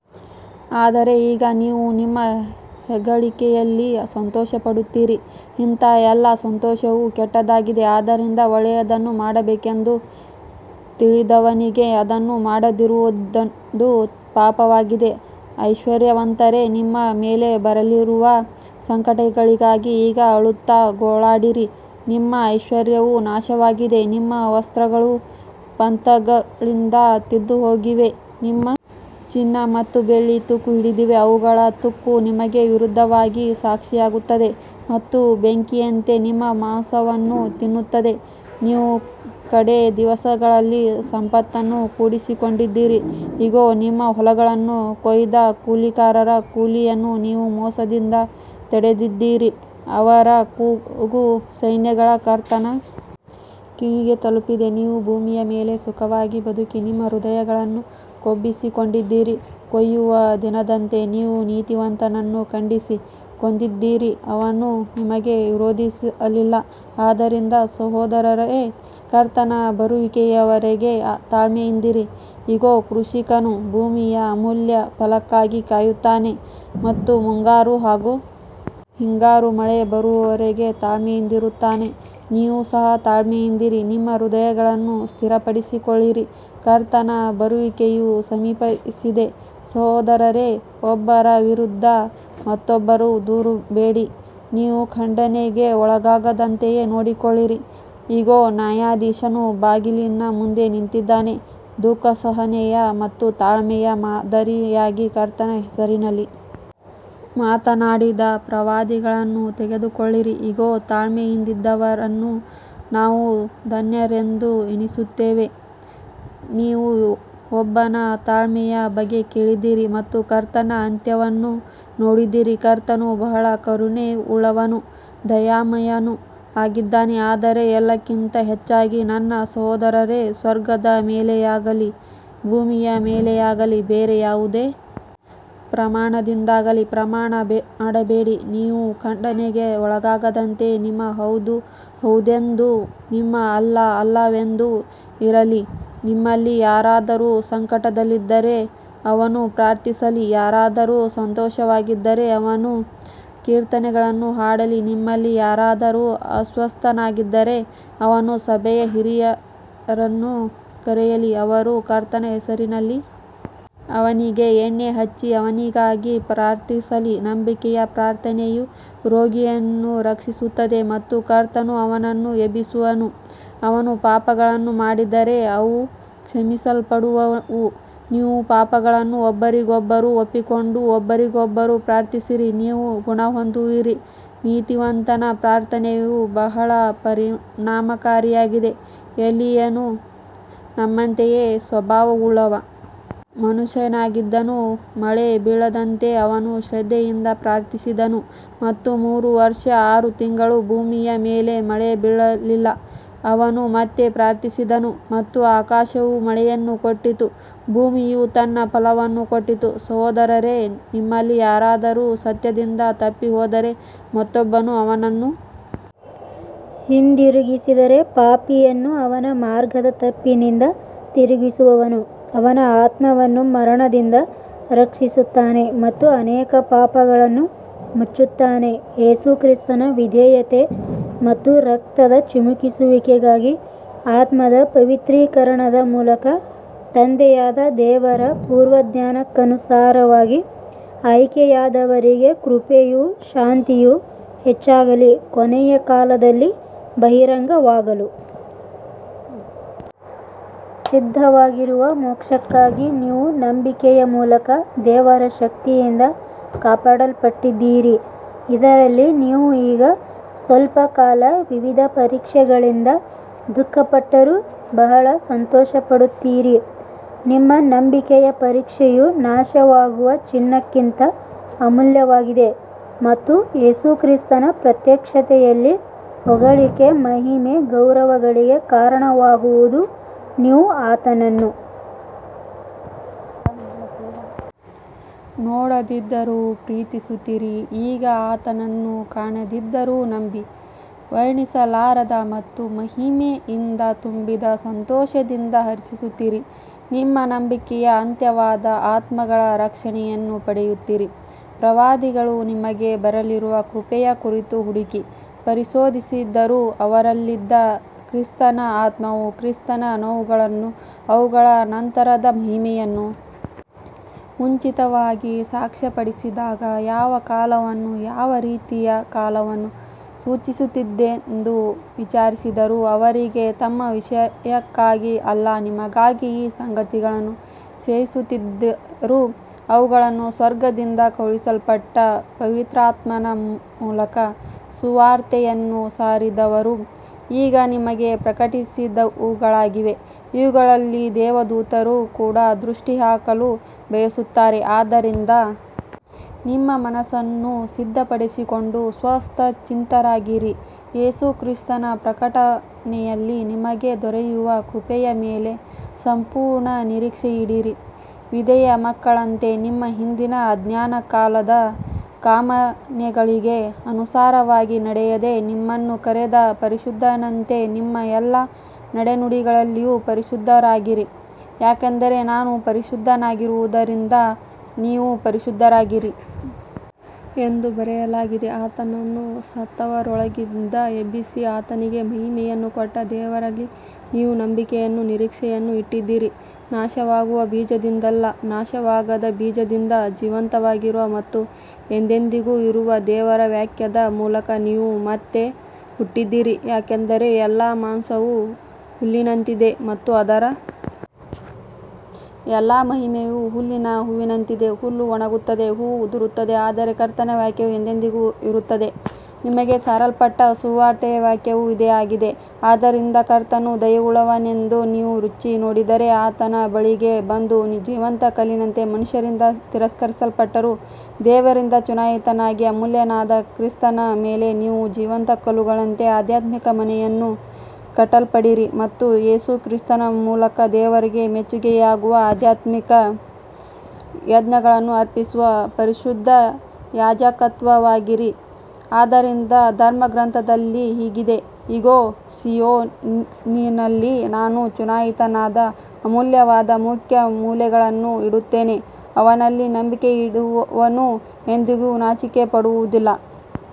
ಆದರೆ ಈಗ ನೀವು ನಿಮ್ಮ ಹೆಗ್ಗಳಿಕೆಯಲ್ಲಿ ಸಂತೋಷಪಡುತ್ತೀರಿ ಇಂಥ ಎಲ್ಲಾ ಸಂತೋಷವು ಕೆಟ್ಟದ್ದಾಗಿದೆ ಆದ್ದರಿಂದ ಒಳ್ಳೆಯದನ್ನು ಮಾಡಬೇಕೆಂದು ತಿಳಿದವನಿಗೆ ಅದನ್ನು ಮಾಡದಿರುವುದು ಪಾಪವಾಗಿದೆ ಐಶ್ವರ್ಯವಂತರೇ ನಿಮ್ಮ ಮೇಲೆ ಬರಲಿರುವ ಸಂಕಟಗಳಿಗಾಗಿ ಈಗ ಅಳುತ್ತಾ ಗೋಳಾಡಿರಿ ನಿಮ್ಮ ಐಶ್ವರ್ಯವು ನಾಶವಾಗಿದೆ ನಿಮ್ಮ ವಸ್ತ್ರಗಳು ಪತಂಗಗಳಿಂದ ತಿಂದುಹೋಗಿವೆ ನಿಮ್ಮ ಚಿನ್ನ ಮತ್ತು ಬೆಳ್ಳಿ ತುಕ್ಕು ಹಿಡಿದಿವೆ ಅವುಗಳ ತುಕ್ಕು ನಿಮಗೆ ವಿರುದ್ಧವಾಗಿ ಸಾಕ್ಷಿಯಾಗುತ್ತದೆ ಮತ್ತು ಬೆಂಕಿಯಂತೆ ನಿಮ್ಮ ಮಾಂಸವನ್ನು ತಿನ್ನುತ್ತದೆ ನೀವು ಕಡೇ ದಿವಸಗಳಲ್ಲಿ ಸಂಪತ್ತನ್ನು ಕೂಡಿಸಿಕೊಂಡಿದ್ದೀರಿ ಇಗೋ ನಿಮ್ಮ ಹೊಲಗಳನ್ನು ಕೊಯ್ದ ಕೂಲಿಕಾರರ ಕೂಲಿಯನ್ನು ನೀವು ಮೋಸದಿಂದ ತಡೆದಿದ್ದೀರಿ ಅವರ ಕೂಗು ಸೈನ್ಯಗಳ ಕರ್ತನ ಕಿವಿಗೆ ತಲುಪಿದೆ ನೀವು ಭೂಮಿಯ ಮೇಲೆ ಸುಖವಾಗಿ ಬದುಕಿ ನಿಮ್ಮ ಹೃದಯಗಳನ್ನು ಕೊಬ್ಬಿಸಿಕೊಂಡಿದ್ದೀರಿ ಕೊಯ್ಯುವ ದಿನದಂತೆ ನೀವು ನೀತಿವಂತನನ್ನು ಖಂಡಿಸಿ ಕೊಂದಿದ್ದೀರಿ ಅವನು ನಿಮಗೆ ವಿರೋಧಿಸಲಿಲ್ಲ ಆದ್ದರಿಂದ ಸಹೋದರರೇ ಕರ್ತನ ಬರುವಿಕೆಯವರೆಗೆ ತಾಳ್ಮೆಯಿಂದಿರಿ ಇಗೋ ಕೃಷಿಕನು ಭೂಮಿಯ ಅಮೂಲ್ಯ ಫಲಕ್ಕಾಗಿ ಕಾಯುತ್ತಾನೆ ಮತ್ತು ಮುಂಗಾರು ಹಾಗೂ ಹಿಂಗಾರು ಮಳೆ ಬರುವವರೆಗೆ ತಾಳ್ಮೆಯಿಂದಿರುತ್ತಾನೆ ನೀವು ಸಹ ತಾಳ್ಮೆಯಿಂದಿರಿ ನಿಮ್ಮ ಹೃದಯಗಳನ್ನು ಸ್ಥಿರಪಡಿಸಿಕೊಳ್ಳಿರಿ ಕರ್ತನ ಬರುವಿಕೆಯು ಸಮೀಪಿಸಿದೆ ಸಹೋದರರೇ ಒಬ್ಬರ ವಿರುದ್ಧ ಮತ್ತೊಬ್ಬರು ದೂರುಬೇಡಿ ನೀವು ಖಂಡನೆಗೆ ಒಳಗಾಗದಂತೆ ನೋಡಿಕೊಳ್ಳಿರಿ ಇಗೋ ನ್ಯಾಯಾಧೀಶನು ಬಾಗಿಲಿನ ಮುಂದೆ ನಿಂತಿದ್ದಾನೆ ದುಃಖಸಹನೆಯ ಮತ್ತು ತಾಳ್ಮೆಯ ಮಾದರಿಯಾಗಿ ಕರ್ತನ ಹೆಸರಿನಲ್ಲಿ ಮಾತನಾಡಿದ ಪ್ರವಾದಿಗಳನ್ನು ತೆಗೆದುಕೊಳ್ಳಿರಿ ಇಗೋ ತಾಳ್ಮೆಯಿಂದಿದ್ದವರನ್ನು ನಾವು ಧನ್ಯರೆಂದು ಎಣಿಸುತ್ತೇವೆ ನೀವು ಯೋಬನ ತಾಳ್ಮೆಯ ಬಗ್ಗೆ ಕೇಳಿದ್ದೀರಿ ಮತ್ತು ಕರ್ತನ ಅಂತ್ಯವನ್ನು ನೋಡಿದ್ದೀರಿ ಕರ್ತನು ಬಹಳ ಕರುಣೆಯುಳ್ಳವನೂ ದಯಾಮಯನೂ ಆಗಿದ್ದಾನೆ ಆದರೆ ಎಲ್ಲಕ್ಕಿಂತ ಹೆಚ್ಚಾಗಿ ನನ್ನ ಸಹೋದರರೇ ಸ್ವರ್ಗದ ಮೇಲೆಯಾಗಲಿ ಭೂಮಿಯ ಮೇಲೆಯಾಗಲಿ ಬೇರೆ ಯಾವುದೇ ಪ್ರಮಾಣದಿಂದಾಗಲಿ ಪ್ರಮಾಣ ಮಾಡಬೇಡಿ ನೀವು ಖಂಡನೆಗೆ ಒಳಗಾಗದಂತೆ ನಿಮ್ಮ ಹೌದು ಹೌದೆಂದೂ ನಿಮ್ಮ ಅಲ್ಲ ಅಲ್ಲವೆಂದೂ ಇರಲಿ ನಿಮ್ಮಲ್ಲಿ ಯಾರಾದರೂ ಸಂಕಟದಲ್ಲಿದ್ದರೆ ಅವನು ಪ್ರಾರ್ಥಿಸಲಿ ಯಾರಾದರೂ ಸಂತೋಷವಾಗಿದ್ದರೆ ಅವನು ಕೀರ್ತನೆಗಳನ್ನು ಹಾಡಲಿ ನಿಮ್ಮಲ್ಲಿ ಯಾರಾದರೂ ಅಸ್ವಸ್ಥನಾಗಿದ್ದರೆ ಅವನು ಸಭೆಯ ಹಿರಿಯರನ್ನು ಕರೆಯಲಿ ಅವರು ಕರ್ತನ ಹೆಸರಿನಲ್ಲಿ ಅವನಿಗೆ ಎಣ್ಣೆ ಹಚ್ಚಿ ಅವನಿಗಾಗಿ ಪ್ರಾರ್ಥಿಸಲಿ ನಂಬಿಕೆಯ ಪ್ರಾರ್ಥನೆಯು ರೋಗಿಯನ್ನು ರಕ್ಷಿಸುತ್ತದೆ ಮತ್ತು ಕರ್ತನು ಅವನನ್ನು ಎಬ್ಬಿಸುವನು ಅವನು ಪಾಪಗಳನ್ನು ಮಾಡಿದ್ದರೆ ಅವು ಕ್ಷಮಿಸಲ್ಪಡುವವು ನಿಮ್ಮ ಪಾಪಗಳನ್ನು ಒಬ್ಬರಿಗೊಬ್ಬರು ಒಪ್ಪಿಕೊಂಡು ಒಬ್ಬರಿಗೊಬ್ಬರು ಪ್ರಾರ್ಥಿಸಿರಿ ನೀವು ಗುಣಹೊಂದುವಿರಿ ನೀತಿವಂತನ ಪ್ರಾರ್ಥನೆಯು ಬಹಳ ಪರಿಣಾಮಕಾರಿಯಾಗಿದೆ ಎಲೀಯನು ನಮ್ಮಂತೆಯೇ ಸ್ವಭಾವವುಳ್ಳ ಮನುಷ್ಯನಾಗಿದ್ದನು ಮಳೆ ಬೀಳದಂತೆ ಅವನು ಶ್ರದ್ಧೆಯಿಂದ ಪ್ರಾರ್ಥಿಸಿದನು ಮತ್ತು ಮೂರು ವರ್ಷ ಆರು ತಿಂಗಳು ಭೂಮಿಯ ಮೇಲೆ ಮಳೆ ಬೀಳಲಿಲ್ಲ ಅವನು ಮತ್ತೆ ಪ್ರಾರ್ಥಿಸಿದನು ಮತ್ತು ಆಕಾಶವು ಮಳೆಯನ್ನು ಕೊಟ್ಟಿತು ಭೂಮಿಯು ತನ್ನ ಫಲವನ್ನು ಕೊಟ್ಟಿತು ಸಹೋದರರೇ ನಿಮ್ಮಲ್ಲಿ ಯಾರಾದರೂ ಸತ್ಯದಿಂದ ತಪ್ಪಿಹೋದರೆ ಮತ್ತೊಬ್ಬನು ಅವನನ್ನು ಹಿಂದಿರುಗಿಸಿದರೆ ಪಾಪಿಯನ್ನು ಅವನ ಮಾರ್ಗದ ತಪ್ಪಿನಿಂದ ತಿರುಗಿಸುವವನು ಅವನ ಆತ್ಮವನ್ನು ಮರಣದಿಂದ ರಕ್ಷಿಸುತ್ತಾನೆ ಮತ್ತು ಅನೇಕ ಪಾಪಗಳನ್ನು ಮುಚ್ಚುತ್ತಾನೆ ಯೇಸು ಕ್ರಿಸ್ತನ ವಿಧೇಯತೆ ಮತ್ತು ರಕ್ತದ ಚಿಮುಕಿಸುವಿಕೆಗಾಗಿ ಆತ್ಮದ ಪವಿತ್ರೀಕರಣದ ಮೂಲಕ ತಂದೆಯಾದ ದೇವರ ಪೂರ್ವಜ್ಞಾನಕ್ಕನುಸಾರವಾಗಿ ಆಯ್ಕೆಯಾದವರಿಗೆ ಕೃಪೆಯೂ ಶಾಂತಿಯೂ ಹೆಚ್ಚಾಗಲಿ ಕೊನೆಯ ಕಾಲದಲ್ಲಿ ಬಹಿರಂಗವಾಗಲು ಸಿದ್ಧವಾಗಿರುವ ಮೋಕ್ಷಕ್ಕಾಗಿ ನೀವು ನಂಬಿಕೆಯ ಮೂಲಕ ದೇವರ ಶಕ್ತಿಯಿಂದ ಕಾಪಾಡಲ್ಪಟ್ಟಿದ್ದೀರಿ ಇದರಲ್ಲಿ ನೀವು ಈಗ ಸ್ವಲ್ಪಕಾಲ ವಿವಿಧ ಪರೀಕ್ಷೆಗಳಿಂದ ದುಃಖಪಟ್ಟರೂ ಬಹಳ ಸಂತೋಷಪಡುತ್ತೀರಿ ನಿಮ್ಮ ನಂಬಿಕೆಯ ಪರೀಕ್ಷೆಯು ನಾಶವಾಗುವ ಚಿನ್ನಕ್ಕಿಂತ ಅಮೂಲ್ಯವಾಗಿದೆ ಮತ್ತು ಯೇಸು ಕ್ರಿಸ್ತನ ಪ್ರತ್ಯಕ್ಷತೆಯಲ್ಲಿ ಹೊಗಳಿಕೆ ಮಹಿಮೆ ಗೌರವಗಳಿಗೆ ಕಾರಣವಾಗುವುದು ನೀವು ಆತನನ್ನು ನೋಡದಿದ್ದರೂ ಪ್ರೀತಿಸುತ್ತೀರಿ ಈಗ ಆತನನ್ನು ಕಾಣದಿದ್ದರೂ ನಂಬಿ ವರ್ಣಿಸಲಾರದ ಮತ್ತು ಮಹಿಮೆಯಿಂದ ತುಂಬಿದ ಸಂತೋಷದಿಂದ ಹರ್ಷಿಸುತ್ತೀರಿ ನಿಮ್ಮ ನಂಬಿಕೆಯ ಅಂತ್ಯವಾದ ಆತ್ಮಗಳ ರಕ್ಷಣೆಯನ್ನು ಪಡೆಯುತ್ತೀರಿ ಪ್ರವಾದಿಗಳು ನಿಮಗೆ ಬರಲಿರುವ ಕೃಪೆಯ ಕುರಿತು ಹುಡುಕಿ ಪರಿಶೋಧಿಸಿದರು ಅವರಲ್ಲಿದ್ದ ಕ್ರಿಸ್ತನ ಆತ್ಮವು ಕ್ರಿಸ್ತನ ನೋವುಗಳನ್ನೂ ಅವುಗಳ ನಂತರದ ಮಹಿಮೆಯನ್ನೂ ಮುಂಚಿತವಾಗಿ ಸಾಕ್ಷ್ಯಪಡಿಸಿದಾಗ ಯಾವ ಕಾಲವನ್ನೂ ಯಾವ ರೀತಿಯ ಕಾಲವನ್ನೂ ಸೂಚಿಸುತ್ತಿತ್ತೆಂದು ವಿಚಾರಿಸಿದರು ಅವರಿಗೆ ತಮ್ಮ ವಿಷಯಕ್ಕಾಗಿ ಅಲ್ಲ ನಿಮಗಾಗಿ ಈ ಸಂಗತಿಗಳನ್ನು ಸೇವಿಸುತ್ತಿದ್ದರು ಅವುಗಳನ್ನು ಸ್ವರ್ಗದಿಂದ ಕಳುಹಿಸಲ್ಪಟ್ಟ ಪವಿತ್ರಾತ್ಮನ ಮೂಲಕ ಸುವಾರ್ತೆಯನ್ನು ಸಾರಿದವರು ಈಗ ನಿಮಗೆ ಪ್ರಕಟಿಸಿದವುಗಳಾಗಿವೆ ಇವುಗಳಲ್ಲಿ ದೇವದೂತರು ಕೂಡ ದೃಷ್ಟಿಹಾಕಲು ಬಯಸುತ್ತಾರೆ ಆದ್ದರಿಂದ ನಿಮ್ಮ ಮನಸ್ಸನ್ನು ಸಿದ್ಧಪಡಿಸಿಕೊಂಡು ಸ್ವಸ್ಥಚಿತ್ತರಾಗಿರಿ ಯೇಸು ಕ್ರಿಸ್ತನ ಪ್ರಕಟಣೆಯಲ್ಲಿ ನಿಮಗೆ ದೊರೆಯುವ ಕೃಪೆಯ ಮೇಲೆ ಸಂಪೂರ್ಣ ನಿರೀಕ್ಷೆಯಿಡಿರಿ ವಿಧೇಯ ಮಕ್ಕಳಂತೆ ನಿಮ್ಮ ಹಿಂದಿನ ಅಜ್ಞಾನಕಾಲದ ಕಾಮನೆಗಳಿಗೆ ಅನುಸಾರವಾಗಿ ನಡೆಯದೆ ನಿಮ್ಮನ್ನು ಕರೆದ ಪರಿಶುದ್ಧನಂತೆ ನಿಮ್ಮ ಎಲ್ಲಾ ನಡೆನುಡಿಗಳಲ್ಲಿಯೂ ಪರಿಶುದ್ಧರಾಗಿರಿ ಯಾಕಂದರೆ ನಾನು ಪರಿಶುದ್ಧನಾಗಿರುವುದರಿಂದ ನೀವು ಪರಿಶುದ್ಧರಾಗಿರಿ ಎಂದು ಬರೆಯಲಾಗಿದೆ ಆತನನ್ನು ಸತ್ತವರೊಳಗಿಂದ ಎಬ್ಬಿಸಿ ಆತನಿಗೆ ಮಹಿಮೆಯನ್ನು ಕೊಟ್ಟ ದೇವರಲ್ಲಿ ನೀವು ನಂಬಿಕೆಯನ್ನೂ ನಿರೀಕ್ಷೆಯನ್ನೂ ಇಟ್ಟಿದ್ದೀರಿ ನಾಶವಾಗುವ ಬೀಜದಿಂದಲ್ಲ ನಾಶವಾಗದ ಬೀಜದಿಂದ ಜೀವಂತವಾಗಿರುವ ಮತ್ತು ಎಂದೆಂದಿಗೂ ಇರುವ ದೇವರ ವಾಕ್ಯದ ಮೂಲಕ ನೀವು ಮತ್ತೆ ಹುಟ್ಟಿದ್ದೀರಿ ಯಾಕಂದರೆ ಎಲ್ಲಾ ಮಾಂಸವೂ ಹುಲ್ಲಿನಂತಿದೆ ಮತ್ತು ಅದರ ಎಲ್ಲಾ ಮಹಿಮೆಯೂ ಹುಲ್ಲಿನ ಹೂವಿನಂತಿದೆ ಹುಲ್ಲು ಒಣಗುತ್ತದೆ ಹೂವು ಉದುರುತ್ತದೆ ಆದರೆ ಕರ್ತನ ವಾಕ್ಯವು ಎಂದೆಂದಿಗೂ ಇರುತ್ತದೆ ನಿಮಗೆ ಸಾರಲ್ಪಟ್ಟ ಸುವಾರ್ತೆಯ ವಾಕ್ಯವೂ ಇದೇ ಆಗಿದೆ ಆದ್ದರಿಂದ ಕರ್ತನು ದಯೆಯುಳ್ಳವನೆಂದು ನೀವು ರುಚಿ ನೋಡಿದ್ದರೆ ಆತನ ಬಳಿಗೆ ಬಂದು ಜೀವಂತ ಕಲ್ಲಿನಂತೆ ಮನುಷ್ಯರಿಂದ ತಿರಸ್ಕರಿಸಲ್ಪಟ್ಟರೂ ದೇವರಿಂದ ಚುನಾಯಿತನಾಗಿ ಅಮೂಲ್ಯನಾದ ಕ್ರಿಸ್ತನ ಮೇಲೆ ನೀವೂ ಜೀವಂತ ಕಲ್ಲುಗಳಂತೆ ಆಧ್ಯಾತ್ಮಿಕ ಮನೆಯನ್ನು ಕಟ್ಟಲ್ಪಡಿರಿ ಮತ್ತು ಯೇಸು ಕ್ರಿಸ್ತನ ಮೂಲಕ ದೇವರಿಗೆ ಮೆಚ್ಚುಗೆಯಾಗುವ ಆಧ್ಯಾತ್ಮಿಕ ಯಜ್ಞಗಳನ್ನು ಅರ್ಪಿಸುವ ಪರಿಶುದ್ಧ ಯಾಜಕತ್ವವಾಗಿರಿ ಆದ್ದರಿಂದ ಧರ್ಮಗ್ರಂಥದಲ್ಲಿ ಹೀಗಿದೆ ಇಗೋ ಸೀಯೋನಿನಲ್ಲಿ ನಾನು ಚುನಾಯಿತನಾದ ಅಮೂಲ್ಯವಾದ ಮುಖ್ಯ ಮೂಲೆಗಲ್ಲನ್ನು ಇಡುತ್ತೇನೆ ಅವನಲ್ಲಿ ನಂಬಿಕೆಯಿಡುವವನು ಎಂದಿಗೂ ನಾಚಿಕೆಪಡುವುದಿಲ್ಲ